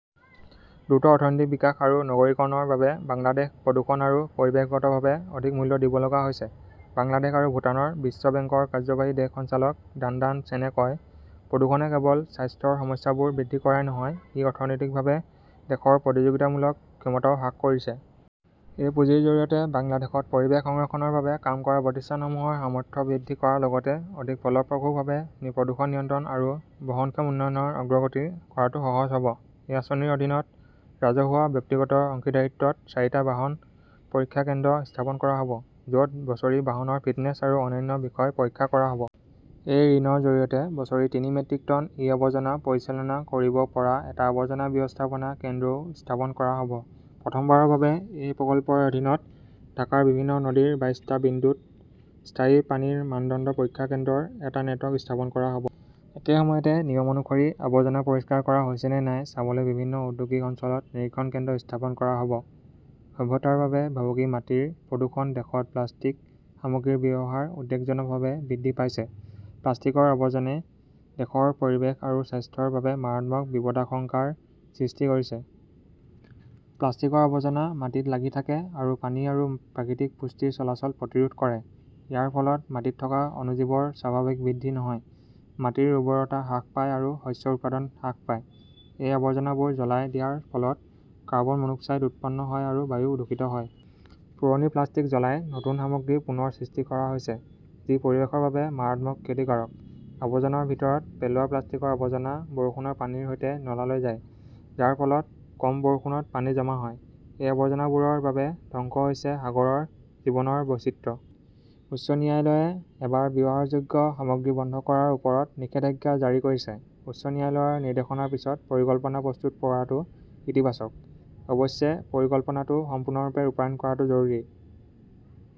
দ্ৰুত অৰ্থনৈতিক বিকাশ আৰু নগৰীকৰণৰ বাবে বাংলাদেশ প্ৰদূষণ আৰু পৰিৱেশগতভাৱে অধিক মূল্য দিব লগা হৈছে, বাংলাদেশ আৰু ভূটানৰ বিশ্ব বেংকৰ কাৰ্যবাহী দেশ সঞ্চালক ডাণ্ডান চেনে কয়। প্ৰদূষণে কেৱল স্বাস্থ্যৰ সমস্যাবোৰ বৃদ্ধি কৰাই নহয়, ই অৰ্থনৈতিকভাৱে দেশৰ প্ৰতিযোগিতামূলক ক্ষমতাও হ্ৰাস কৰিছে। এই পুঁজিৰ জৰিয়তে বাংলাদেশত পৰিৱেশ সংৰক্ষণৰ বাবে কাম কৰা প্ৰতিষ্ঠানসমূহৰ সামৰ্থ্য বৃদ্ধি কৰাৰ লগতে অধিক ফলপ্ৰসূভাৱে প্ৰদূষণ নিয়ন্ত্ৰণ আৰু বহনক্ষম উন্নয়নৰ অগ্ৰগতি কৰাটো সহজ হ'ব। এই আঁচনিৰ অধীনত ৰাজহুৱা, ব্যক্তিগত অংশীদাৰিত্বত চাৰিটা বাহন পৰীক্ষা কেন্দ্ৰ স্থাপন কৰা হ'ব, য'ত বছৰি বাহনৰ ফিটনেছ আৰু অন্যান্য বিষয় পৰীক্ষা কৰা হ'ব। এই ঋণৰ জৰিয়তে বছৰি তিনি মেট্ৰিক টন ই-আৱৰ্জনা পৰিচালনা কৰিব পৰা এটা আৱৰ্জনা ব্যৱস্থাপনা কেন্দ্ৰো স্থাপন কৰা হ'ব। প্ৰথমবাৰৰ বাবে এই প্ৰকল্পৰ অধীনত ঢাকাৰ বিভিন্ন নদীৰ বাইছটা বিন্দুত স্থায়ী পানীৰ মানদণ্ড পৰীক্ষা কেন্দ্ৰৰ এটা নেটৱৰ্ক স্থাপন কৰা হ ব। একে সময়তে, নিয়ম অনুসৰি আৱৰ্জনা পৰিষ্কাৰ কৰা হৈছে নে নাই চাবলৈ বিভিন্ন ঔদ্যোগিক অঞ্চলত নিৰীক্ষণ কেন্দ্ৰ স্থাপন কৰা হ'ব। সভ্যতাৰ বাবে ভাবুকি মাটিৰ প্ৰদূষণ দেশত প্লাষ্টিক সামগ্ৰীৰ ব্যৱহাৰ উদ্বেগজনকভাৱে বৃদ্ধি পাইছে। প্লাষ্টিকৰ আৱৰ্জনে দেশৰ পৰিৱেশ আৰু স্বাস্থ্যৰ বাবে মাৰাত্মক বিপদাশংকাৰ সৃষ্টি কৰিছে। প্লাষ্টিকৰ আৱৰ্জনা মাটিত লাগি থাকে আৰু পানী আৰু প্ৰাকৃতিক পুষ্টিৰ চলাচল প্ৰতিৰোধ কৰে। ইয়াৰ ফলত মাটিত থকা অণুজীৱৰ স্বাভাৱিক বৃদ্ধি নহয়, মাটিৰ উৰ্বৰতা হ্ৰাস পায় আৰু শস্যৰ উৎপাদন হ্ৰাস পায়। এই আৱৰ্জনাবোৰ জ্বলাই দিয়াৰ ফলত কাৰ্বন-মনোক্সাইড উৎপন্ন হয় আৰু বায়ু দূষিত হয়। পুৰণি প্লাষ্টিক জ্বলাই নতুন সামগ্ৰী পুনৰ সৃষ্টি কৰা হৈছে, যি পৰিৱেশৰ বাবে মাৰাত্মক ক্ষতিকাৰক। আৱৰ্জনাৰ ভিতৰত পেলোৱা প্লাষ্টিকৰ আৱৰ্জনা বৰষুণৰ পানীৰ সৈতে নালালৈ যায়, যাৰ ফলত কম বৰষুণত পানী জমা হয়। এই আৱৰ্জনাবোৰৰ বাবে ধ্বংস হৈছে সাগৰৰ জীৱনৰ বৈচিত্ৰ্য। উচ্চ ন্যায়ালয়ে এবাৰ ব্যৱহাৰযোগ্য সামগ্ৰী বন্ধ কৰাৰ ওপৰত নিষেধাজ্ঞা জাৰি কৰিছে। উচ্চ ন্যায়ালয়ৰ নিৰ্দেশনাৰ পিছত পৰিকল্পনা প্ৰস্তুত কৰাটো ইতিবাচক। অৱশ্যে, পৰিকল্পনাটো সম্পূৰ্ণৰূপে ৰূপায়ণ কৰাটো জৰুৰী।